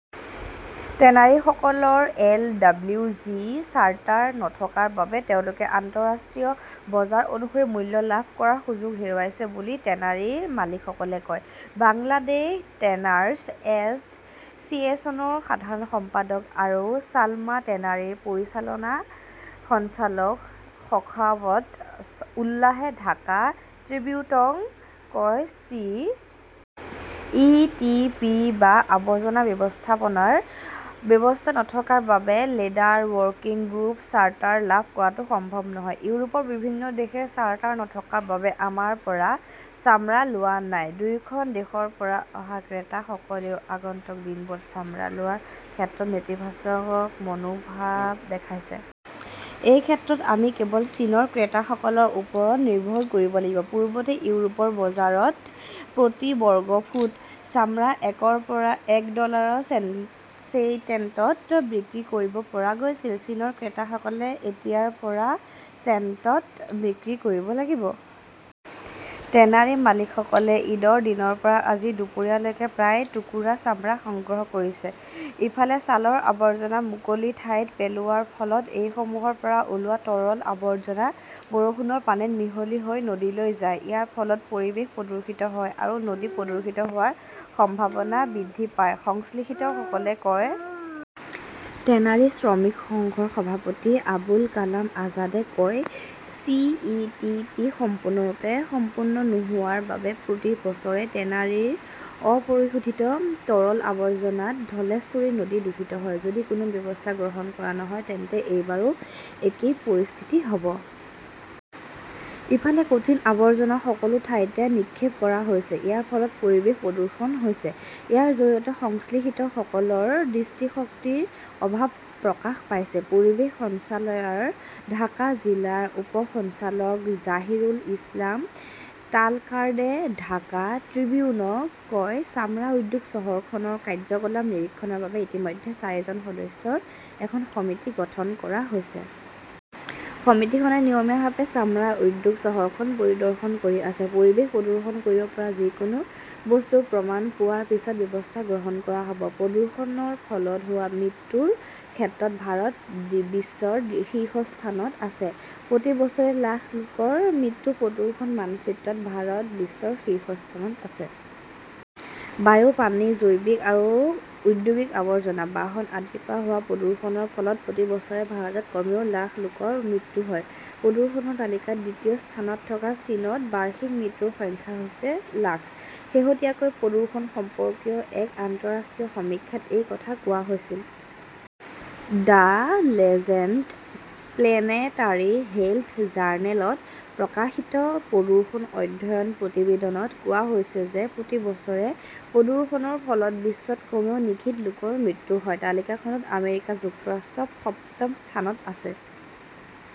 "টেনাৰীসকলৰ LWG charter নথকাৰ বাবে তেওঁলোকে আন্তঃৰাষ্ট্ৰীয় বজাৰ অনুসৰি মূল্য লাভ কৰাৰ সুযোগ হেৰুৱাইছে বুলি টেনাৰীৰ মালিকসকলে কয়। বাংলাদেশ টেনাৰ্ছ এছ "চিয়েশ্যনৰ সাধাৰণ সম্পাদক আৰু ছালমা টেনাৰীৰ পৰিচালন সঞ্চালক শখাৱত উল্লাহে ঢাকা ট্ৰিবিউনক কয়," চি. ই. টি. পি. বা আৱৰ্জনা ব্যৱস্থাপনাৰ ব্যৱস্থা নথকাৰ বাবে লেদাৰ ৱৰ্কিং গ্ৰুপ চাৰ্টাৰ লাভ কৰাটো সম্ভৱ নহয়। ইউৰোপৰ বিভিন্ন দেশে চাৰ্টাৰ নথকাৰ বাবে আমাৰ পৰা চামৰা লোৱা নাই। দুয়োখন দেশৰ পৰা অহা ক্ৰেতাসকলেও আগন্তুক দিনবোৰত চামৰা লোৱাৰ ক্ষেত্ৰত নেতিবাচক মনোভাৱ দেখুৱাইছে। এই ক্ষেত্ৰত আমি কেৱল চীনৰ ক্ৰেতাসকলৰ ওপৰত নিৰ্ভৰ কৰিব লাগিব। "পূৰ্বতে ইউৰোপৰ বজাৰত প্ৰতি বৰ্গফুট চামৰা একৰ পৰা এক ডলাৰত ছেইণ্টত বিক্ৰী কৰিব পৰা গৈছিল। চীনৰ ক্ৰেতাসকলে এতিয়া ৰ পৰা ছেণ্টত বিক্ৰী কৰিব লাগিব। টেনাৰী মালিকসকলে ঈদৰ দিনৰ পৰা আজি দুপৰীয়া লৈকে প্ৰায় টুকুৰা চামৰা সংগ্ৰহ কৰিছে। "ইফালে, ছালৰ আৱৰ্জনা মুকলি ঠাইত পেলোৱাৰ ফলত এইসমূহৰ পৰা ওলোৱা তৰল আৱৰ্জনা বৰষুণৰ পানীত মিহলি হৈ নদীলৈ যায়। ইয়াৰ ফলত পৰিৱেশ প্ৰদূষিত হয় আৰু নদী প্ৰদূষিত হোৱাৰ সম্ভাৱনা বৃদ্ধি পায়, সংশ্লিষ্টসকলে কয়। টেনাৰী শ্ৰমিক সংঘৰ সভাপতি আবুল কালাম আজাদে কয়, "চি. ই. টি. পি. সম্পূৰ্ণৰূপে সম্পূৰ্ণ নোহোৱাৰ বাবে প্ৰতি বছৰে টেনাৰীৰ অপৰিশোধিত তৰল আৱৰ্জনাত ধলেশ্বৰী নদী দূষিত হয়। যদি কোনো ব্যৱস্থা গ্ৰহণ কৰা নহয় তেন্তে এইবাৰো একেই পৰিস্থিতি হ "ব। ইফালে, কঠিন আৱৰ্জনা সকলো ঠাইতে নিক্ষেপ কৰা হৈছে। ইয়াৰ ফলত পৰিৱেশ প্ৰদূষণ হৈছে। ইয়াৰ জৰিয়তে সংশ্লিষ্টসকলৰ দৃষ্টিশক্তিৰ অভাৱ প্ৰকাশ পাইছে। পৰিৱেশ সঞ্চালকালয়ৰ ঢাকা জিলাৰ উপ সঞ্চালক জাহিৰুল ইছলাম তালকাৰ্ডে ঢাকা ট্ৰিবিউনক কয়, "চামৰা উদ্যোগ চহৰখনৰ কাৰ্যকলাপ নিৰীক্ষণৰ বাবে ইতিমধ্যে চাৰিজন সদস্যৰ এখন সমিতি গঠন কৰা হৈছে। সমিতিখনে নিয়মীয়াভাৱে চামৰা উদ্যোগ চহৰখন পৰিদৰ্শন কৰি আছে। পৰিৱেশ প্ৰদূষণ কৰিব পৰা যিকোনো বস্তুৰ প্ৰমাণ পোৱাৰ পিছত ব্যৱস্থা গ্ৰহণ কৰা হ "ব। "। প্ৰদূষণৰ ফলত হোৱা মৃত্যুৰ ক্ষেত্ৰত ভাৰত বিশ্বৰ শীৰ্ষস্থানত আছে! প্ৰতি বছৰে লাখ লোকৰ মৃত্যু প্ৰদূষণ-মানচিত্ৰত ভাৰত বিশ্বৰ শীৰ্ষস্থানত আছে। বায়ু, পানী, জৈৱিক আৰু ঔদ্যোগিক আৱৰ্জনা, বাহন আদিৰ পৰা হোৱা প্ৰদূষণৰ ফলত প্ৰতি বছৰে ভাৰতত কমেও লাখ লোকৰ মৃত্যু হয়! প্ৰদূষণৰ তালিকাত দ্বিতীয় স্থানত থকা চীনত বাৰ্ষিক মৃত্যুৰ সংখ্যা হৈছে লাখ! শেহতীয়াকৈ প্ৰদূষণ সম্পৰ্কীয় এক আন্তঃৰাষ্ট্ৰীয় সমীক্ষাত এই কথা কোৱা হৈছিল। দ্য লেঞ্চেট প্লেনেটাৰী হেল্থ জাৰ্নেলত প্ৰকাশিত প্ৰদূষণ অধ্যয়ন প্ৰতিবেদনত কোৱা হৈছে যে প্ৰতি বছৰে প্ৰদূষণৰ ফলত বিশ্বত কমেও নিযুত লোকৰ মৃত্যু হয়। তালিকাখনত আমেৰিকা যুক্তৰাষ্ট্ৰ সপ্তম স্থানত আছে।